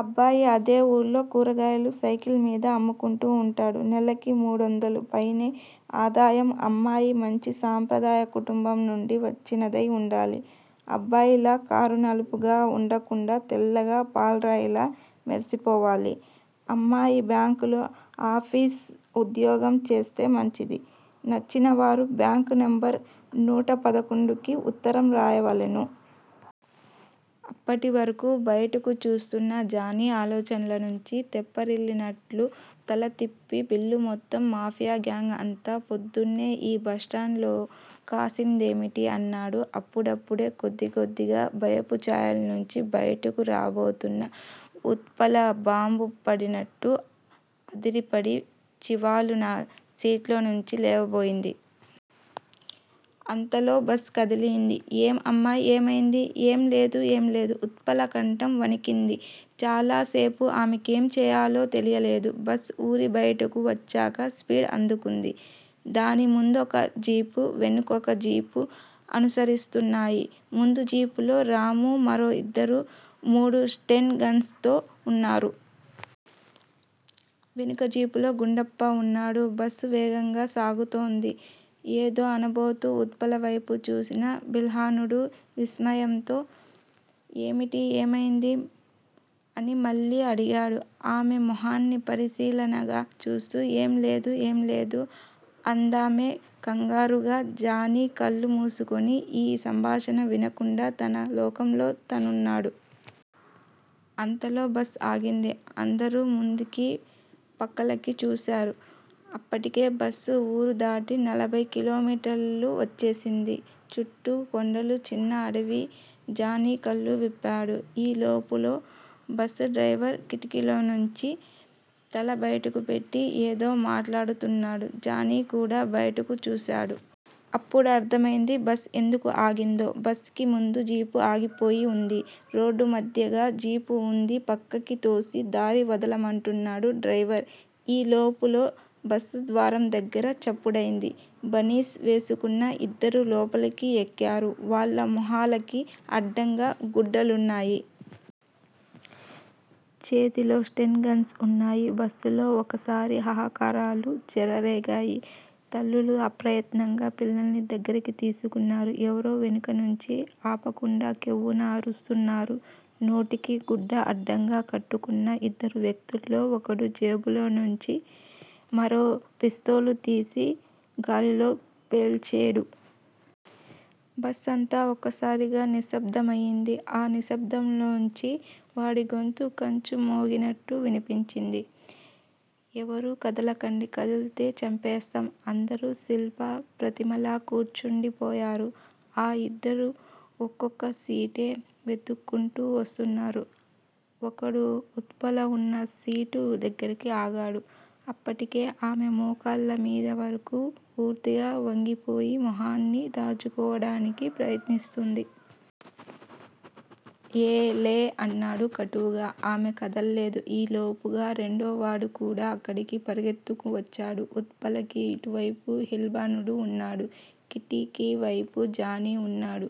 అబ్బాయి అదే ఊళ్లో కూరగాయలు సైకిల్ మీద అమ్ముకుంటూ ఉంటాడు. నెలకి మూడొందలు పైనే ఆదాయం. అమ్మాయి మంచి సాంప్రదాయకుటుంబం నుండి వచ్చినదై ఉండాలి. అబ్బాయిలా కారునలుపుగా ఉండకుండా తెల్లగా పాల్రాయిలా మెర్సిపోవాలి! అమ్మాయి బ్యాంకులో ఆఫీస్ ఉద్యోగం చేస్తే మంచిది. నచ్చినవారు బాక్సునెంబరు నూట పదకొండుకి ఉత్తరం రాయవలెను. అప్పటి వరకూ బయటకు చూస్తున్న జానీ, ఆలోచన్ల నుంచి తెప్పరిల్లినట్లు తలతిప్పి, బిల్లూ మొత్తం మాఫియా గాంగ్ అంతా ప్రొద్దున్నే ఈ బస్ స్టాండ్ లో కాసిందేమిటి? అన్నాడు. అప్పుడప్పుడే కొద్దికొద్దిగా భయపు ఛాయల్నుంచి, బయటకు రాబోతూన్న ఉత్పల, బాంబు పడినట్టు అదిరిపడి చివాలున సీట్లోంచి లేవబోయింది. అంతలో బస్సు కదిలింది. ఏం అమ్మాయ్? ఏమైంది ఏం లేదు ఏంలేదు ఉత్పల కంఠం వణికింది. చాలాసేపు ఆమెకేం చెయ్యాలో తెలియలేదు. బస్సు ఊరిబయటకు వచ్చాక స్పీడు అందుకుంది. దాని ముందొక జీపు, వెనుకొక జీపు అనుసరిస్తున్నాయి. ముందు జీపులో రాము, మరో ఇద్దరు మూడు స్టెన్ గన్స్ తో వున్నారు. వెనుక జీపులో గుండప్ప వున్నాడు. బస్సు వేగంగా సాగిపోతోంది. ఏదో అనబోతూ ఉత్పలవైపు చూసిన బిల్హణుడు విస్మయంతో ఏమిటి ఏమైంది అని మళ్ళీ అడిగాడు ఆమె మొహాన్ని పరిశీలనగా చూస్తూ. ఏం లేదు, ఏం లేదు అందామె కంగారుగా. జానీ కళ్ళు మూసుకుని ఈ సంభాషణ వినకుండా తన లోకంలో తనున్నాడు. అంతలో బస్ ఆగింది. అందరూ ముందుకీ పక్కలకీ చూశారు. అప్పటికే బస్సు వూరుదాటి నలభై కిలోమీటర్లు వచ్చేసింది. చుట్టూ కొండలు- చిన్న అడవి. జానీ కళ్ళు విప్పాడు. ఈ లోపులో బస్ డ్రైవరు కిటికీలోంచి తల బయటకు పెట్టి ఏదో మాట్లాడుతున్నాడు. జానీ కూడా బయటకు చూశాడు. అప్పుడర్ధమైంది. బస్ ఎందుకు ఆగిందో! బస్ కి ముందు జీపు ఆగిపోయి వుంది. రోడ్డు మధ్యగా జీపు వుంది పక్కకి తోసి దారి వదల' మంటున్నాడు డ్రైవర్. ఈ లోపులో బస్ ద్వారం దగ్గిర చప్పుడయింది. బనీస్ వేసుకున్న ఇద్దరు లోపలికి ఎక్కారు. వాళ్ళ మొహాలకి అడ్డంగా గుడ్డలున్నాయి. చేతిలో స్టెన్ గన్స్ వున్నాయి. బస్ లో ఒక్కసారి హాహాకారాలు చెలరేగాయి. తల్లులు అప్రయత్నంగా పిల్లల్ని దగ్గరికి తీసుకున్నారు. ఎవరో వెనుక నుంచి ఆపకుండా కెవ్వున అరుస్తున్నారు. నోటికి గుడ్డ అడ్డుగా కట్టుకున్న ఇద్దరు వ్యక్తుల్లో ఒకడు జేబులోంచి మరో పిస్తోలు తీసి గాలిలో పేల్చేడు. బస్ అంతా ఒక్కసారిగా నిశ్శబ్దమయింది. ఆ నిశ్శబ్దంలోంచి వాడి గొంతు కంచు మ్రోగినట్టు వినిపించింది. ఎవరూ కదలకండి. కదిల్తే చంపేస్తాం. అందరూ శిలా ప్రతిమల్లా కూర్చుండిపోయారు. ఆ ఇద్దరూ ఒక్కొక్క సీటే వెతుక్కుంటూ వస్తున్నారు. ఒకడు ఉత్పల వున్న సీటు దగ్గిర ఆగాడు. అప్పటికే ఆమె మోకాళ్ళమీదవరకు పూర్తిగా వంగిపోయి మొహాన్ని దాచుకోవడానికి ప్రయత్నిస్తూంది. ఏయ్ లే అన్నాడు కటువుగా. ఆమె కదల్లేదు. ఈ లోపుగా రెండోవాడు కూడా అక్కడికి పరుగెత్తుకు వచ్చాడు. ఉత్పలకి ఇటువైపు బిల్హణుడు వున్నాడు. కిటికీ వైపు జానీ వున్నాడు.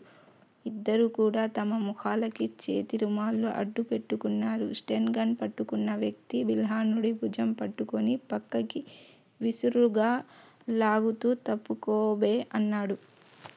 ఇద్దరూ కూడా తమ ముఖాలకి చేతిరుమాలు అడ్డు పెట్టుకున్నారు. స్టెన్ గన్ పట్టుకున్న వ్యక్తి బిల్హణుడి భుజం పట్టుకుని పక్కకి విసురుగా లాగుతూ తప్పుకోబే అన్నాడు.